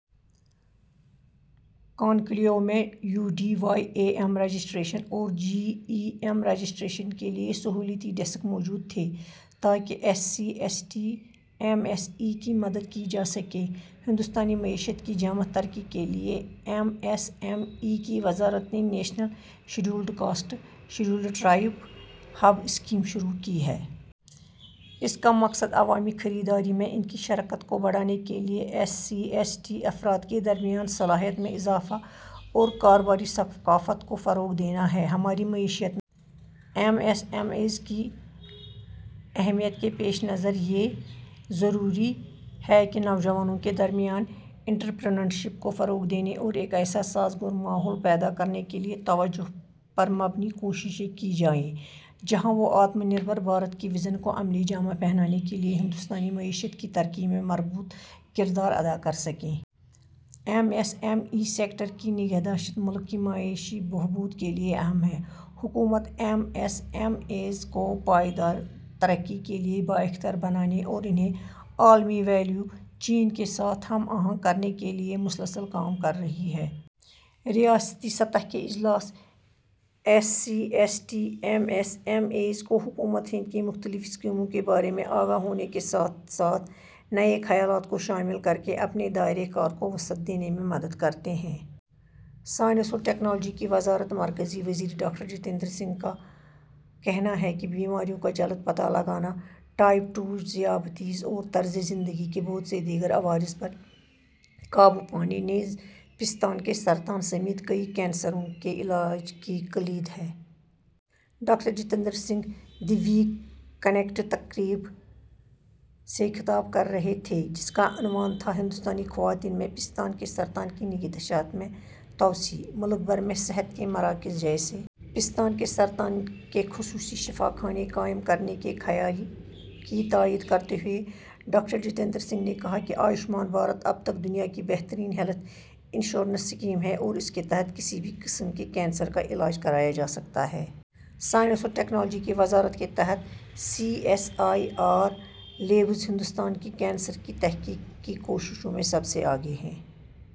Conclave میں U D Y A M registration اور G E M registration کے لیے سہولتی ڈیسک موجود تھے تاکہ S C, S T M S E کی مدد کی جا سکے۔ ہندوستانی معیشت کی جامع ترقی کے لیے، ایم ایس ایم ای کی وزارت نے national scheduled caste scheduled tribe hub scheme شروع کی ہے۔ اس کا مقصد عوامی خریداری میں ان کی شرکت کو بڑھانے کے لیے ایس سی، ایس ٹی افراد کے درمیان صلاحیت میں اضافہ اور کاروباری ثقافت کو فروغ دینا ہے۔ ہماری معیشت میں ایم ایس ایم ایز کی اہمیت کے پیش نظر، یہ ضروری ہے کہ نوجوانوں کے درمیان انٹرپرینیورشپ کو فروغ دینے اور ایک ایسا سازگار ماحول پیدا کرنے کے لیے توجہ پر مبنی کوششیں کی جائیں، جہاں وہ آتم نربھر بھارت کے وژن کو عملی جامہ پہنانے کے لیے ہندوستانی معیشت کی ترقی میں مربوط کردار ادا کر سکیں۔ M S M E sector کی نگہداشت ملک کی معاشی بہبود کے لیے اہم ہے۔ حکومت ایم ایس ایم ایز کو پائیدار ترقی کے لیے بااختیار بنانے اور انہیں عالمی ویلیو چین کے ساتھ ہم آہنگ کرنے کے لیے مسلسل کام کر رہی ہے۔ ریاستی سطح کے اجلاس S C, S T M S M Es کو حکومت ہند کی مختلف اسکیموں کے بارے میں آگاہ ہونے کے ساتھ ساتھ نئے خیالات کو شامل کرکے اپنے دائرہ کار کو وسعت دینے میں مدد کرتے ہیں۔ سائنس اور ٹیکنالوجی کی وزارت مرکزی وزیر ڈاکٹر جتیندر سنگھ کا کہنا ہے کہ بیماریوں کا جلد پتہ لگانا ٹائپ ٹو ذیابیطس اور طرز زندگی کے بہت سے دیگر عوارض پر قابو پانے نیز پستان کے سرطان سمیت کئی کینسروں کے علاج کی کلید ہے۔ Doctor Jitendra Singh the week connect تقریب سے خطاب کر رہے تھے، جس کا عنوان تھا، "ہندوستانی خواتین میں پستان کے سرطان کی نگہداشت میں توسیع"۔ ملک بھر میں صحت کے مراکز جیسے پستان کے سرطان کے خصوصی شفا خانے قائم کرنے کے خیال کی تائید کرتے ہوئے ڈاکٹر جتیندر سنگھ نے کہا کہ آیوشمان بھارت اب تک دنیا کی بہترین ہیلتھ انشورنس اسکیم ہے اور اس کے تحت کسی بھی قسم کے کینسر کا علاج کرایا جا سکتا ہے۔ سائنس اور ٹیکنالوجی کی وزارت کے تحت C S I R labs Hindustan کی کینسر کی تحقیق کی کوششوں میں سب سے آگے ہیں۔